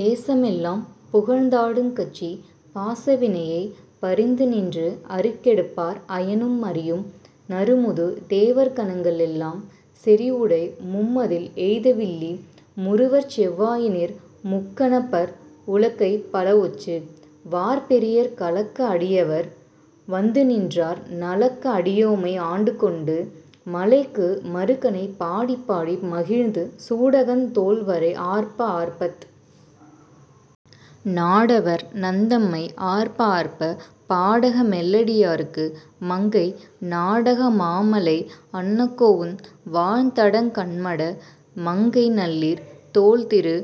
தேசமெல்லாம் புகழ்ந் தாடுங் கச்சித் பாசவினையைப் பறிந்துநின்று அறுகெடுப்பார் அயனும்அரியும் நறுமுது தேவர்கணங்கெளெல்லாம் செறிவுடை மும்மதில் எய்தவில்லி முறுவற்செவ் வாயினீர் முக்கணப்பற் உலக்கை பலஒச்சு வார்பெரியர் கலக்க அடியவர் வந்துநின்றார் நலக்க அடியோமை ஆண்டுகொண்டு மலைக்கு மருகனைப் பாடிப்பாடி மகிழந்து சூடகந் தோள்வரை ஆர்ப்ப ஆர்ப்பத் நாடவர் நந்தம்மை ஆர்ப்ப ஆர்ப்ப பாடக மெல்லடி யார்க்கு மங்கை ஆடக மாமலை அன்னகோவுக் வாள்தடங்கண்மட மங்கைநல்லீர் தோள்திரு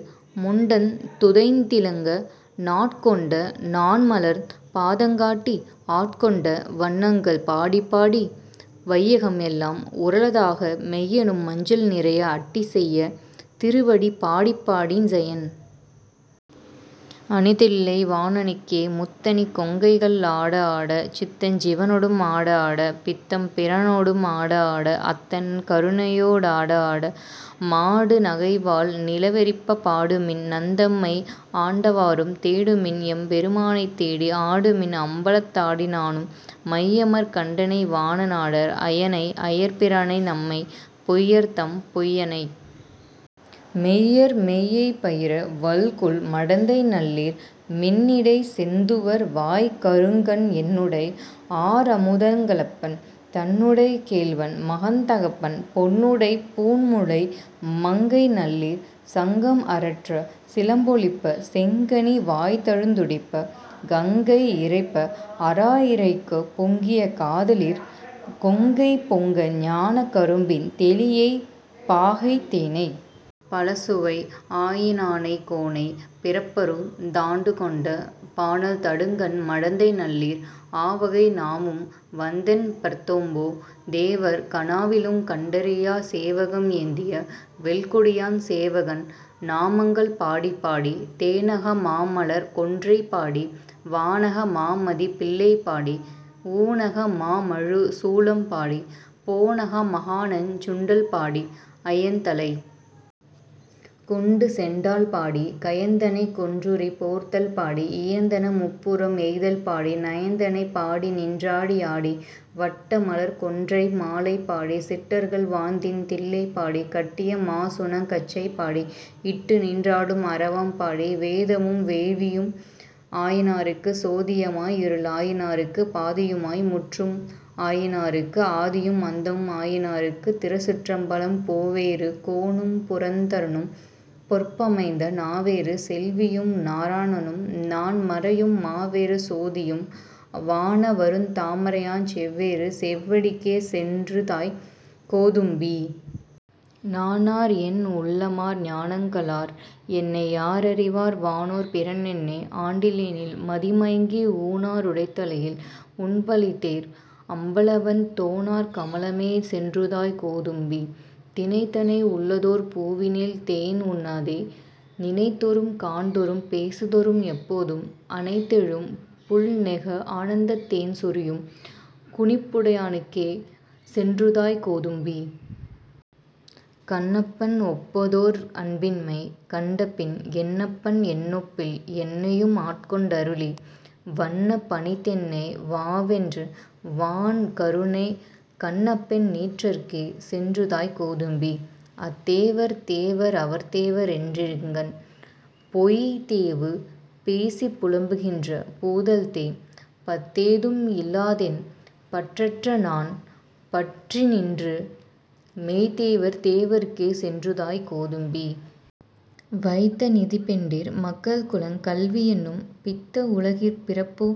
முண்டந் துதைந்திலங்கச் நாட்கோண்ட நாண்மலர்ந் பாதங்காட்டி ஆட்கொண்ட வண்ணங்கள் பாடிப்பாடி வையகம் எல்லாம் உரலதாக மெய்யனும் மஞ்சள் நிறைய அட்டி செய்ய திருவடி பாடிப்பாடிச் ஜயன் அணிதில்லை வாணனுக்கே முத்தணி கொங்கைகள் ஆடஆட சித்தஞ் சிவனொடும் ஆடஆடச் பித்தெம் பிரானொடும் ஆடஆடப் அத்தன் கருணையொ டாடஆட மாடு நகைவாள் நிலாவெறிப்ப பாடுமின் நந்தம்மை ஆண்டவாறும் தேடுமின் எம்பெருமானைத்தேடி ஆடுமின் அம்பலத் தாடினானுக் மையமர் கண்டனை வானநாடர் ஐயனை ஐயர்பிரானைநம்மை பொய்யர் தம் பொய்யனை மெய்யர் மெய்யைப் பையர வல்குல் மடந்தைநல்லீர் மின்னிடைச் செந்துவர் வாய்க்கருங்கண் என்னுடை ஆரமுதெங்களப்பன் தன்னுடைக் கேள்வன் மகன்தகப்பன் பொன்னுடைப் பூண்முலை மங்கைநல்லீர் சங்கம் அரற்றச் சிலம்பொலிப்பத் செங்கனி வாயிதழுந்துடிப்பச் கங்கை இரைப்ப அராஇரைக்குங் பொங்கிய காதலிற் கொங்கை பொங்கப் ஞானக் கரும்பின் தெளியைப் பாகை தேனைப் பழச்சுவை ஆயினானைச் கோனைப் பிறப்பறுத் தாண்டுகொண்ட பானல் தடங்கண் மடந்தைநல்லீர் ஆவகை நாமும் வந்தன்பர்தம்போ தேவர் கனாவிலுங் கண்டறியாச் சேவகம் ஏந்திய வெல்கொடியான் சேவகன் நாமங்கள் பாடிப்பாடிச் தேனக மாமலர்க் கொன்றைபாடிச் வானக மாமதிப் பிள்ளைபாடி ஊனக மாமழுச் சூலம்பாடி போனக மாகநஞ் சுண்டல்பாடிப் அயன்தலை கொண்டுசெண்டாடல்பாடி கயந்தனைக் கொன்றுரி போர்த்தல் பாடிக் இயைந்தன முப்புரம் எய்தல் பாடி நயந்தனைப் பாடிநின் றாடியாடி வட்டமலர்க்கொன்றை மாலைபாடி சிட்டர்கள் வாழுந்தென் தில்லைபாடிச் கட்டிய மாசுணக்கச்சைப் பாடிக் இட்டுநின் றாடும் அரவம்பாடி வேதமும் வேள்வியும் ஆயினார்க்கு சோதிய மாய் இருள் ஆயினார்க்குத் பாதியு மாய் முற்றும் ஆயினார்க்குப் ஆதியும் அந்தமும் ஆயினார்க்கு திருச்சிற்றம்பலம் பூவேறு கோனும் புரந்தரனும் பொற்பமைந்த நாவேறு செல்வியும் நாரணணும் நான் மறையும் மாவேறு சோதியும் வானவருந் தாமறியாச் சேவேறு சேவடிக்கே சென்றுதாய் கோத்தும்பீ. நானார் என் உள்ளமார் ஞானங்க ளார் என்னை யாரறிவார் வானோர் பிரானென்னை ஆண்டிலனேல் மதிமயங்கி ஊனா ருடைதலையில் உண்பலிதேர் அம்பலவன் தோனார் கமலமே சென்றூதாய் கோத்தும்பீ. தினைத்தனை உள்ளதோர் பூவினில் தேன்உண்ணாதே நினைத்தொறும் காண்தொறும் பேசுந்தொறும் எப்போதும் அனைத்தெலும் புள்நெக ஆனந்தத் தேன் சொரியும் குனிப்புடையானுக்கே சென்றூதாய் கோத்தும்பீ. கண்ணப்பன் ஒப்பதோர் அன்பின்மை கண்டபின் என்னப்பன் என்னொப்பில் என்னையும் ஆட்கொண்டருளி வண்ணப் பணித்தென்னை வாவென்ற வான் கருணைச் கண்ணப்பென் நீற்றற்கே சென்றூதாய் கோத்தும்பீ. அத்தேவர் தேவர் அவர்தேவ ரென்றிங்ஙன் பொய்த்தேவு பேசிப் புலம்புகின்ற பூதலத்தே பத்தேதும் இல்லாதென் பற்றறநான் பற்றிநின்ற மெய்த்தேவர் தேவற்கே சென்றூதாய் கோத்தும்பீ. வைத்த நிதிபெண்டிர் மக்கள்குலங் கல்வியென்னும் பித்த உலகிற் பிறப்போ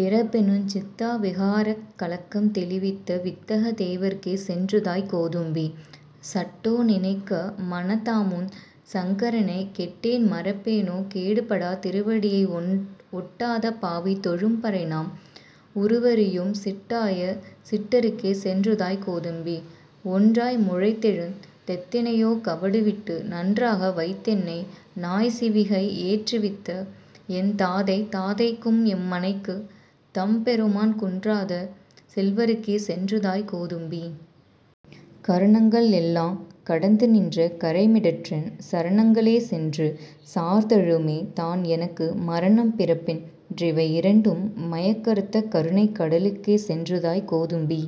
டிறப்பென்னுஞ் சித்த விகாரக் கலக்கம் தெளிவித்த வித்தகத் தேவற்கே சென்றூதாய் கோத்தும்பீ. சட்டோ நினைக்க மனத்தமுதாஞ் சங்கரனைக் கெட்டேன் மறப்பேனோ கேடுபடாத் திருவடியை ஒட்டாத பாவித் தொழும்பரைநாம் உருவறியோம் சிட்டாய சிட்டற்கே சென்றூதாய் கோத்தும்பீ. ஒன்றாய் முளைத்தெழுந் தெத்தனையோ கவடுவிட்டு நன்றாக வைத்தென்னை நாய்சிவிகை ஏற்றுவித்த என்தாதை தாதைக்கும் எம்மனைக்குந் தம்பெருமான் குன்றாத செல்வற்கே சென்றூதாய் கோத்தும்பீ. கரணங்கள் எல்லாங் கடந்துநின்ற கறைமிடற்றன் சரணங்க ளேசென்று சார்தலுமே தான்எனக்கு மரணம் பிறப்பென் றிவையிரண்டின் மயக்கறுத்த கருணைக் கடலுக்கே சென்றூதாய் கோத்தும்பீ.